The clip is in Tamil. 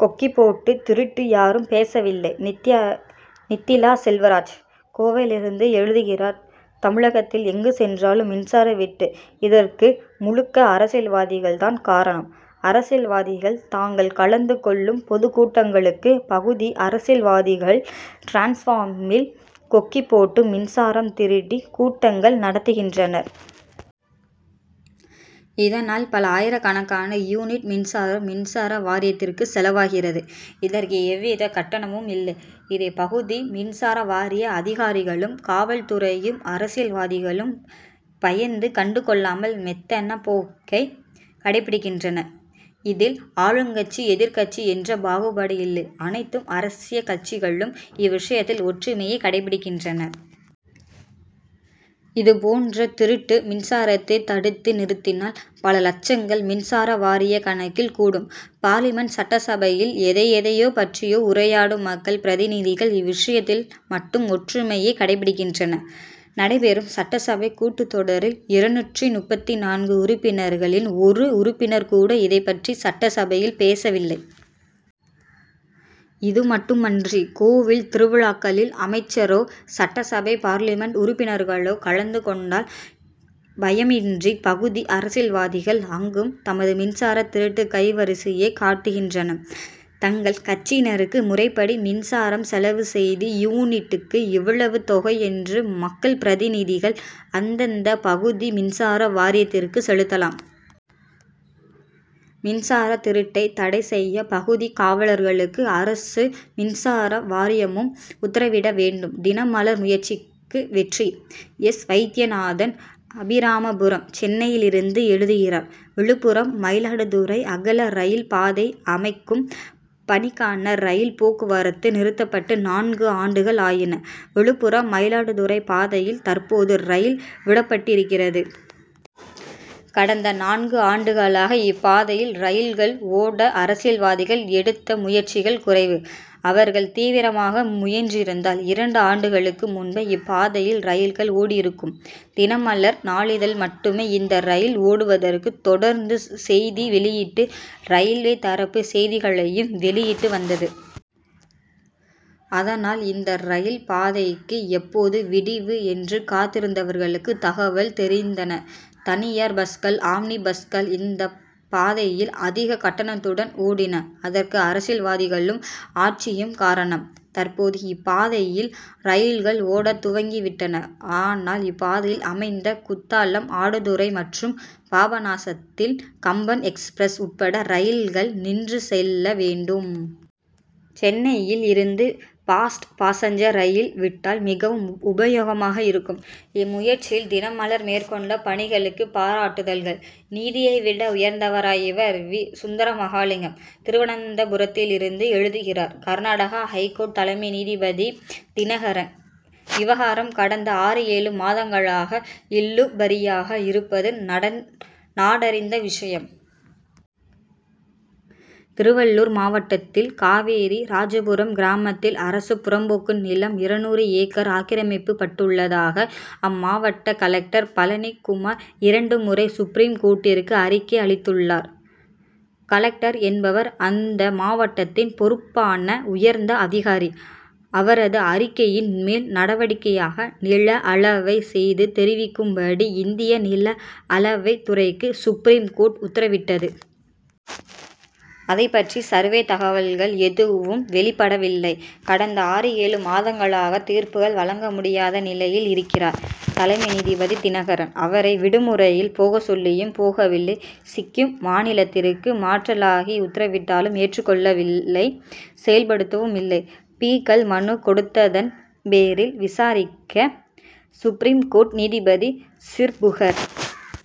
கொக்கி போட்டு திருட்டு யாரும் பேசவில்லை! நித்திலா செல்வராஜ் கோவையிலிருந்து எழுதுகிறார் தமிழகத்தில் எங்கு சென்றாலும் மின்சார வெட்டு இதற்கு முழுக்க அரசியல்வாதிகள் தான் காரணம். அரசியல்வாதிகள் தாங்கள் கலந்து கொள்ளும் பொதுக் கூட்டங்களுக்கு பகுதி அரசியல்வாதிகள் டிரான்ஸ்பார்மில் கொக்கி போட்டு மின்சாரம் திருடி கூட்டங்கள் நடத்துகின்றனர். இதனால் பல ஆயிரக்கணக்கான யூனிட் மின்சாரம் மின்சார வாரியத்திற்கு செலவாகிறது இதற்கு எவ்வித கட்டணமும் இல்லை. இதை பகுதி மின்சார வாரிய அதிகாரிகளும் காவல் துறையும் அரசியல்வாதிகளுக்கு பயந்து கண்டு கொள்ளாமல் மெத்தன போக்கையே கடைபிடிக்கின்றனர். இதில் ஆளுங்கட்சி எதிர்க்கட்சி என்ற பாகுபாடு இல்லை. அனைத்து அரசியல் கட்சிகளும் இவ்விஷயத்தில் ஒற்றுமையை கடைபிடிக்கின்றன. இதுபோன்ற திருட்டு மின்சாரத்தை தடுத்து நிறுத்தினால் பல லட்சங்கள் மின்சார வாரிய கணக்கில் கூடும். பார்லிமென்ட் சட்டசபையில் எதை எதைப் பற்றியோ உரையாடும் மக்கள் பிரதிநிதிகள் இவ்விஷயத்தில் மட்டும் ஒற்றுமையையே கடைபிடிக்கின்றனர். நடைபெறும் சட்டசபை கூட்டத் தொடரில் இருநூற்று முப்பத்து நான்கு உறுப்பினர்களில் ஒரு உறுப்பினர் கூட இதுபற்றி சட்டசபையில் பேசவில்லை. இதுமட்டுமன்றி கோவில் திருவிழாக்களில் அமைச்சரோ சட்டசபை பார்லிமென்ட் உறுப்பினர்களோ கலந்து கொண்டால் பயமின்றி பகுதி அரசியல்வாதிகள் அங்கும் தமது மின்சார திருட்டு கைவரிசையை காட்டுகின்றனர். தங்கள் கட்சியினருக்கு முறைபடி மின்சாரம் செலவு செய்து யூனிட்டுக்கு இவ்வளவு தொகை என்று மக்கள் பிரதிநிதிகள் அந்தந்த பகுதி மின்சார வாரியத்திற்கு செலுத்தலாம். மின்சார திருட்டை தடை செய்ய பகுதி காவலர்களுக்கு அரசும் மின்சார வாரியமும் உத்தரவிட வேண்டும். தினமலர் முயற்சிக்கு வெற்றி! எஸ். வைத்தியநாதன் அபிராமபுரம் சென்னையிலிருந்து எழுதுகிறார் விழுப்புரம் மயிலாடுதுறை அகல ரயில்பாதை அமைக்கும் பணிக்காக ரயில் போக்குவரத்து நிறுத்தப்பட்டு நான்கு ஆண்டுகள் ஆயின. விழுப்புரம் மயிலாடுதுறை பாதையில் தற்போது ரயில் விடப்பட்டிருக்கிறது. கடந்த நான்கு ஆண்டுகளாக இப்பாதையில் ரயில்கள் ஓட அரசியல்வாதிகள் எடுத்த முயற்சிகள் குறைவு. அவர்கள் தீவிரமாக முயன்றிருந்தால் இரண்டு ஆண்டுகளுக்கு முன்பே இப்பாதையில் ரயில்கள் ஓடியிருக்கும். தினமலர் நாளிதழ் மட்டுமே இந்த ரயில் ஓடுவதற்கு தொடர்ந்து செய்தி வெளியிட்டு ரயில்வே தரப்பு செய்திகளையும் வெளியிட்டு வந்தது. அதனால் இந்த ரயில் பாதைக்கு எப்போது விடிவு என்று காத்திருந்தவர்களுக்கு தகவல்கள் தெரிந்தன. தனியார் பஸ்கள் ஆம்னி பஸ்கள் இந்தப் பாதையில் அதிக கட்டணத்துடன் ஓடின அதற்கு அரசியல்வாதிகள் ஆசியும் காரணம். தற்போது இப்பாதையில் ரயில்கள் ஓடத் துவங்கி விட்டன. ஆனால் இப்பாதையில் அமைந்த குத்தாலம் ஆடுதுறை மற்றும் பாபநாசத்தில் கம்பன் எக்ஸ்பிரஸ் உட்பட ரயில்கள் நின்று செல்ல வேண்டும். சென்னையில் இருந்து பாஸ்ட் பாசஞ்சர் ரயில் விட்டால் மிகவும் உபயோகமாக இருக்கும். இம்முயற்சியில் தினமலர்மேற்கொண்ட பணிகளுக்கு பாராட்டு தல்கள். நீதியை விட உயர்ந்தவரா இவர்? வீ. சுந்தரமகாலிங்கம் திருவனந்தபுரத்திலிருந்து எழுதுகிறார் கர்நாடகா ஐகோர்ட் தலைமை நீதிபதி தினகரன் விவகாரம் கடந்த ஆறு ஏழு மாதங்களாக இழுபறியாக இருப்பது நாடறிந்த விஷயம். திருவள்ளூர் மாவட்டத்தில் காவேரி ராஜபுரம் கிராமத்தில் அரசு புறம்போக்கு நிலம் இருநூறு ஏக்கர் ஆக்கிரமிக்கப்பட்டுள்ளதாக அம் மாவட்ட கலெக்டர் பழனிக் குமார் இரண்டு முறை சுப்ரீம் கோர்ட்டிற்கு அறிக்கை அளித்துள்ளார். கலெக்டர் என்பவர் அந்த மாவட்டத்தின் பொறுப்பான உயர்ந்த அதிகாரி. அவரது அறிக்கையின் மேல் நடவடிக்கையாக நில அளவை செய்து தெரிவிக்கும்படி இந்திய நில அளவைத் துறைக்கு சுப்ரீம் கோர்ட் உத்தரவிட்டது. அதைப் பற்றி சர்வே தகவல் எதுவும் வெளியிடப்படவில்லை. கடந்த ஆறு ஏழு மாதங்களாக தீர்ப்புகள் வழங்க முடியாத நிலையில் இருக்கிறார் தலைமை நீதிபதி தினகரன். அவரை விடுமுறையில் போகச் சொல்லியும் போகவில்லை. சிக்கிம் மாநிலத்திற்கு மாற்றலாகி உத்தரவிட்டாலும் ஏற்றுக் கொள்ளவில்லை செயல்படுத்தவும் இல்லை. பி.க்கள் மனு கொடுத்ததன் பேரில் விசாரிக்க சுப்ரீம் கோர்ட் நீதிபதி சிர்புர்கர்